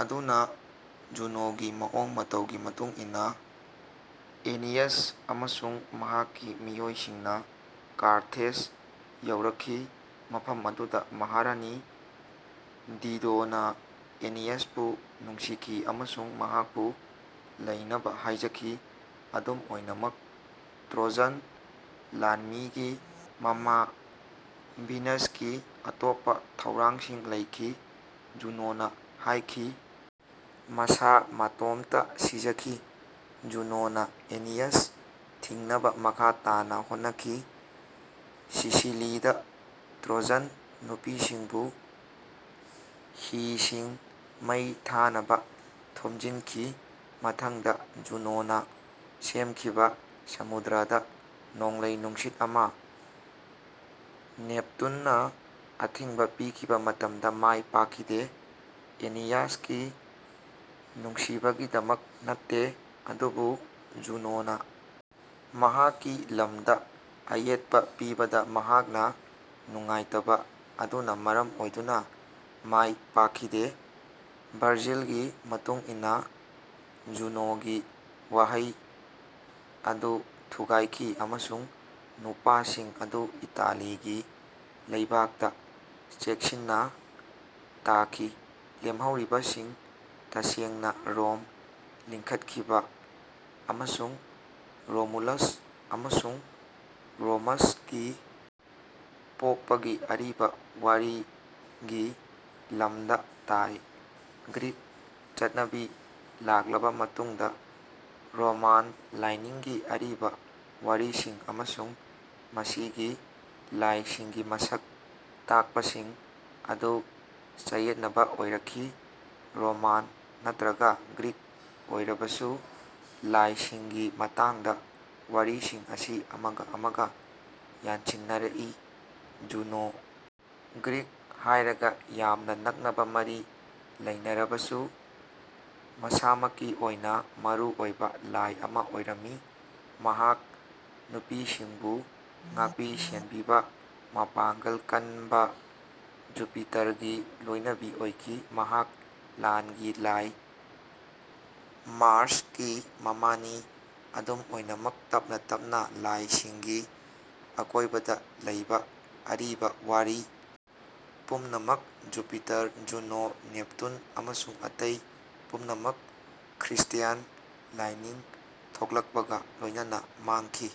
ꯑꯗꯨꯅ, ꯖꯨꯅꯣꯒꯤ ꯃꯑꯣꯡ ꯃꯇꯧꯒꯤ ꯃꯇꯨꯡ ꯏꯟꯅ ꯑꯦꯅꯤꯌꯥꯁ ꯑꯃꯁꯨꯡ ꯃꯍꯥꯛꯀꯤ ꯃꯤꯑꯣꯏꯁꯤꯡꯅ ꯀꯥꯔꯊꯦꯖ ꯌꯧꯔꯛꯈꯤ ꯃꯐꯝ ꯑꯗꯨꯗ ꯃꯍꯥꯔꯥꯅꯤ ꯗꯤꯗꯣꯅ ꯑꯦꯅꯤꯌꯥꯁꯄꯨ ꯅꯨꯡꯁꯤꯈꯤ ꯑꯃꯁꯨꯡ ꯃꯍꯥꯛꯄꯨ ꯂꯩꯅꯕ ꯍꯥꯏꯖꯈꯤ꯫ ꯑꯗꯨꯝ ꯑꯣꯏꯅꯃꯛ, ꯇ꯭ꯔꯣꯖꯟ ꯂꯥꯟꯃꯤꯒꯤ ꯃꯃꯥ ꯚꯤꯅꯁꯀꯤ ꯑꯇꯣꯞꯄ ꯊꯧꯔꯥꯡꯁꯤꯡ ꯂꯩꯈꯤ꯫ ꯖꯨꯅꯣꯅ ꯍꯥꯏꯈꯤ, ꯃꯁꯥ ꯃꯇꯣꯝꯇ ꯁꯤꯖꯈꯤ꯫ ꯖꯨꯅꯣꯅ ꯑꯦꯅꯤꯌꯥꯁ ꯊꯤꯡꯅꯕ ꯃꯈꯥ ꯇꯥꯅ ꯍꯣꯠꯅꯈꯤ ꯁꯤꯁꯤꯂꯤꯗ ꯇ꯭ꯔꯣꯖꯟ ꯅꯨꯄꯤꯁꯤꯡꯕꯨ ꯍꯤꯁꯤꯡ ꯃꯩ ꯊꯥꯅꯕ ꯊꯦꯝꯖꯤꯟꯈꯤ꯫ ꯃꯊꯪꯗ, ꯖꯨꯅꯣꯅ ꯁꯦꯝꯈꯤꯕ ꯁꯃꯨꯗ꯭ꯔꯗ ꯅꯣꯡꯂꯩ-ꯅꯨꯡꯁꯤꯠ ꯑꯃ ꯅꯦꯞꯇꯨꯟꯅ ꯑꯊꯤꯡꯕ ꯄꯤꯈꯤꯕ ꯃꯇꯝꯗ ꯃꯥꯏ ꯄꯥꯛꯈꯤꯗꯦ, ꯑꯦꯅꯤꯌꯥꯁꯀꯤ ꯅꯨꯡꯁꯤꯕꯒꯤꯗꯃꯛ ꯅꯠꯇꯦ, ꯑꯗꯨꯕꯨ ꯖꯨꯅꯣꯅ ꯃꯍꯥꯛꯀꯤ ꯂꯝꯗ ꯑꯌꯦꯠꯄ ꯄꯤꯕꯗ ꯃꯍꯥꯛꯅ ꯅꯨꯡꯉꯥꯏꯇꯕ ꯑꯗꯨꯅ ꯃꯔꯝ ꯑꯣꯏꯗꯨꯅ ꯃꯥꯏ ꯄꯥꯛꯈꯤꯗꯦ꯫ ꯚꯔꯖꯤꯜꯒꯤ ꯃꯇꯨꯡ ꯏꯟꯅ, ꯖꯨꯅꯣꯒꯤ ꯋꯥꯍꯩ ꯑꯗꯨ ꯊꯨꯒꯥꯏꯈꯤ ꯑꯃꯁꯨꯡ ꯅꯨꯄꯥꯁꯤꯡ ꯑꯗꯨ ꯏꯇꯥꯂꯤꯒꯤ ꯂꯩꯕꯥꯛꯇ ꯆꯦꯛꯁꯤꯟꯅ ꯇꯥꯈꯤ꯫ ꯂꯦꯝꯍꯧꯔꯤꯕꯁꯤꯡ, ꯇꯁꯦꯡꯅ ꯔꯣꯝ ꯂꯤꯡꯈꯠꯈꯤꯕ ꯑꯃꯁꯨꯡ ꯔꯣꯃꯨꯂꯁ ꯑꯃꯁꯨꯡ ꯔꯣꯃꯁꯀꯤ ꯄꯣꯛꯄꯒꯤ ꯑꯔꯤꯕ ꯋꯥꯔꯤꯒꯤ ꯂꯝꯗ ꯇꯥꯏ꯫ ꯒ꯭ꯔꯤꯛ ꯆꯠꯅꯕꯤ ꯂꯥꯛꯂꯕ ꯃꯇꯨꯡꯗ ꯔꯣꯃꯥꯟ ꯂꯥꯏꯅꯤꯡꯒꯤ ꯑꯔꯤꯕ ꯋꯥꯔꯤꯁꯤꯡ ꯑꯃꯁꯨꯡ ꯃꯁꯤꯒꯤ ꯂꯥꯏꯁꯤꯡꯒꯤ ꯃꯁꯛ ꯇꯥꯛꯄꯁꯤꯡ ꯑꯗꯨ ꯆꯌꯦꯠꯅꯕ ꯑꯣꯏꯔꯛꯈꯤ꯫ ꯔꯣꯃꯥꯟ ꯅꯠꯇ꯭ꯔꯒ ꯒ꯭ꯔꯤꯛ ꯑꯣꯏꯔꯕꯁꯨ ꯂꯥꯏꯁꯤꯡꯒꯤ ꯃꯇꯥꯡꯗ ꯋꯥꯔꯤꯁꯤꯡ ꯑꯁꯤ ꯑꯃꯒ ꯑꯃꯒ ꯌꯥꯟꯁꯤꯟꯅꯔꯛꯏ꯫ ꯖꯨꯅꯣ, ꯒ꯭ꯔꯤꯛ ꯍꯦꯔꯥꯒ ꯌꯥꯝꯅ ꯅꯛꯅꯕ ꯃꯔꯤ ꯂꯩꯅꯔꯕꯁꯨ, ꯃꯁꯥꯃꯛꯀꯤ ꯑꯣꯏꯅ, ꯃꯔꯨꯑꯣꯏꯕ ꯂꯥꯏ ꯑꯃ ꯑꯣꯏꯔꯝꯃꯤ꯫ ꯃꯍꯥꯛ ꯅꯨꯄꯤꯁꯤꯡꯕꯨ ꯉꯥꯛꯄꯤ-ꯁꯦꯟꯕꯤꯕ, ꯃꯄꯥꯡꯒꯜ ꯀꯟꯕ ꯖꯨꯄꯤꯇꯔꯒꯤ ꯂꯣꯏꯅꯕꯤ ꯑꯣꯏꯈꯤ꯫ ꯃꯍꯥꯛ ꯂꯥꯟꯒꯤ ꯂꯥꯏ ꯃꯥꯔꯁꯀꯤ ꯃꯃꯥꯅꯤ꯫ ꯑꯗꯨꯝ ꯑꯣꯏꯅꯃꯛ, ꯇꯞꯅ-ꯇꯞꯅ, ꯂꯥꯏꯁꯤꯡꯒꯤ ꯑꯀꯣꯏꯕꯗ ꯂꯩꯕ ꯑꯔꯤꯕ ꯋꯥꯔꯤ ꯄꯨꯝꯅꯃꯛ ꯖꯨꯄꯤꯇꯔ, ꯖꯨꯅꯣ, ꯅꯦꯞꯇꯨꯟ ꯑꯃꯁꯨꯡ ꯑꯇꯩ ꯄꯨꯝꯅꯃꯛ ꯈ꯭ꯔꯤꯁꯇ꯭ꯌꯥꯟ ꯂꯥꯏꯅꯤꯡ ꯊꯣꯛꯂꯛꯄꯒ ꯂꯣꯏꯅꯅ ꯃꯥꯡꯈꯤ꯫